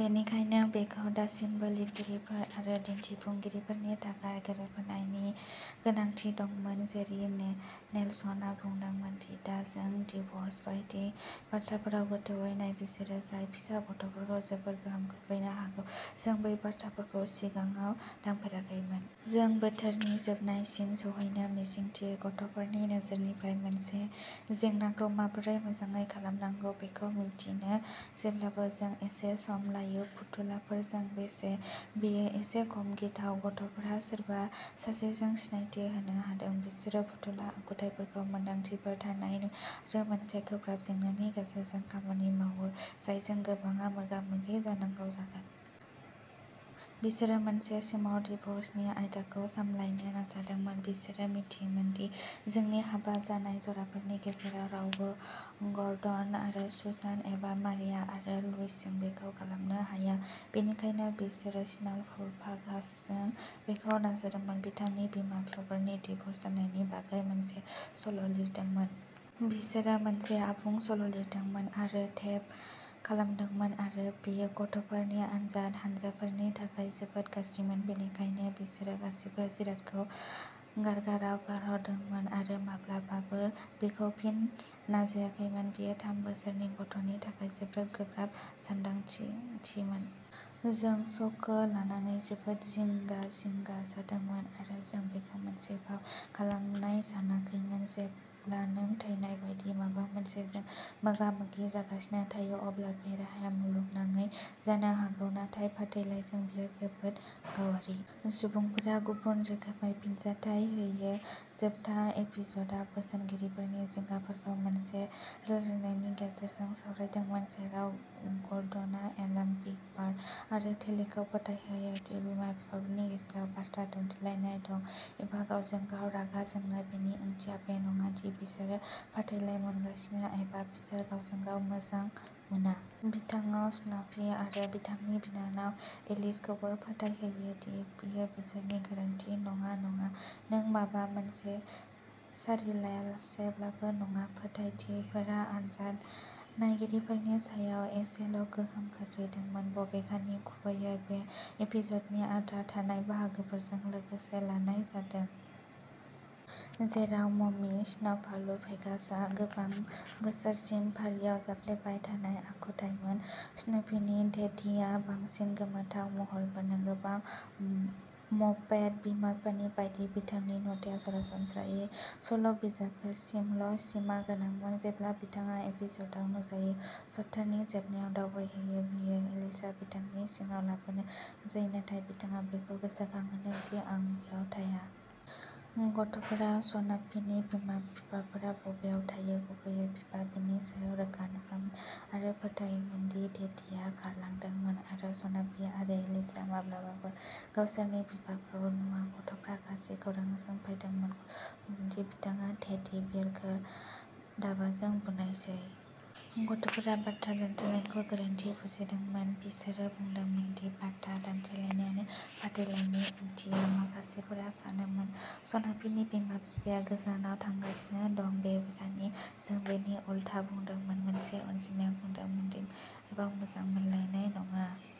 बेनिखायनो, बेखौ दासिमबो लिरगिरिफोर आरो दिन्थिफुंगिरिफोरनि थाखाय गोरोबहोनायनि गोनांथि दंमोन। जेरि ने-नेल्सना बुंदोंमोन दि दा जों डिव'र्स बायदि बाथ्राफोराव गोथौवै नायबिजिरो, जाय फिसा गथ'फोरखौ जोबोद गोहोम खोख्लैनो हागौ। जों बै बाथ्राफोरखौ सिगाङाव दांफेराखैमोन। जों बोथोरनि जोबनायसिम सौहैनो मिजिंथियो। गथ'फोरनि नोजोरनिफ्राय मोनसे जेंनाखौ माबोरै मोजाङै खालामनांगौ बेखौ मिन्थिनो जेब्लाबो जोंनो एसे सम लायो फुथुलाफोरजों, बेयो एसे खम गिथाव गथ'फोरहा सोरबा सासेजों सिनायथि होनो दं। बिसोरो फुथुला आखुथाइफोरखौ मोन्दांथिफोर थानाय नुयो आरो मोनसे गोब्राब जेंनानि गेजेरजों खामानि मावो, जायजों गोबांआ मोगा-मोगि जानांगौ जागोन। बिसोरो मोनसे समाव डिव'र्सनि आयदाखौ सामलायनो नाजादोंमोन। बिसोरो मिथियोमोन दि जोंनि हाबा जानाय जराफोरनि गेजेराव रावबो गर्डन आरो सुसान एबा मारिया आरो लुइस जों बेखौ खालामनो हाया, बेनिखायनो बिसोरो स्नाफलुपागासजों बेखौ नाजादोंमोन, बिथांनि बिमा-बिफाफोरनि डिव'र्स जानायनि बागै मोनसे श'लिरदोंमोन। बिसोरो मोनसे आबुं श'लिरदोंमोन आरो टेप खालामदोंमोन आरो बेयो गथ'फोरनि आनजाद हानजाफोरनि थाखाय जोबोद गाज्रिमोन। बेनिखायनो बिसोरो गासिबो जिरादखौ गारगाराव गारहरदोंमोन आरो माब्लाबाबो बेखौ फिन नाजायाखैमोन। बेयो थाम बोसोरनि गथ'नि थाखाय जोबोद गोब्राब सानदांथि थिमोन। जों श'खौ लानानै जोबोद जिंगा-जिंगा जादोंमोन आरो जों बेखौ मोनसे फाव खालामनाय सानाखैमोन। जेब्ला नों थैनाय बायदि माबा मोनसेजों मोगा-मोगि जागासिनो थायो, अब्ला बे राहाया मुलुगनाङै जानो हागौ। नाथाय फाथैलाइजों, बेयो जोबोद गावारि। सुबुंफोरा गुबुन रोखोमै फिनजाथाय होयो। जोबथा एपिस'डआ बोसोनगिरिफोरनि जिंगाफोरखौ मोनसे रायज्लायनायनि गेजेरजों सावरायदोंमोन जेराव ग'र्डनआ एल्म', बिग बार्ड आरो टेलीखौ फोथायहोयो दि बिमा-बिफाफोरनि गेजेराव बाथ्रा दान्थेलायनाय दं, एबा गावजों-गाव रागा जोंनाय, बेनि ओंथिया बे नङा दि बिसोरो फाथैलाइ मोनगासिनो एबा बिसोरो गावजों-गाव मोजां मोना। बिथाङा स्नाफी आरो बिथांनि बिनानाव एलिसखौबो फोथायहोयो दि बेयो बिसोरनि गोरोन्थि नङा, नङा, नों माबा मोनसे सारियालासेब्लाबो नङा। फोथायथिफोरा आनजाद नायगिरिफोरनि सायाव एसेल' गोहोम खोख्लैदोंमोन, बबेखानि, गुबैयै। बे एपिस'डनि आद्रा थानाय बाहागोफोरजों लोगोसे लानाय जादों। जेराव मम्मी स्नाफलुपेगासआ गोबां बोसोरसिम फारिआव जाफ्लेबाय थानाय आखुथायमोन, स्नाफीनि डेडीआ बांसिन गोमोथाव महरमोन, गोबां मपेट बिमा-बिफाफोर बायदि, बिथांनि नुथाया सरासनस्रायै सल' बिजाबफोरसिमल' सिमा गोनांमोन। जेब्ला बिथाङा एपिस'डआव नुजायो, सप्तानि जोबनायाव दावबायहैनो फैयो, एलिसआ बिथांखौ सिङाव लाबोनो नाजायो, नाथाय बिथाङा बिखौ गोसोखांहोयो दि आं बेयाव थाया। गथ'फोरा स्नाफीनि बिमा-बिफाफोरा बबेहाय थायो, गुबैयै बिफा, बेनि सायाव रोखा नङामोन आरो फोथायोमोन दि डेडीआ खारलांदोंमोन आरो स्नाफी आरो एलिसआ माब्लाबाबो गावसोरनि बिफाखौ नुवा। गथ'फोरा गाज्रि खौरांजों फैदोंमोन गथ'फोरा बुंदोंमोन दि बिथाङा टेडी बियारखौ दाबाजों बुनायसै। गथ'फोरा बाथ्रा दान्थेलायनायखौ गोरोन्थि बुजिदोंमोन। बिसोरो बुंदोंमोन दि बाथ्रा दान्थेलायनायानो फाथैलाइनि ओंथिया। माखासेफोरा सानोमोन स्नाफीनि बिमा-बिफाया गोजानाव थांगासिनो दं, बबेखानि जों बेनि उल्था बुंदोंमोन। मोनसे अनजिमाया बुंदोंमोन दि बिमा-बिफाया आरोबाव मोजां मोनलायनाय नङा।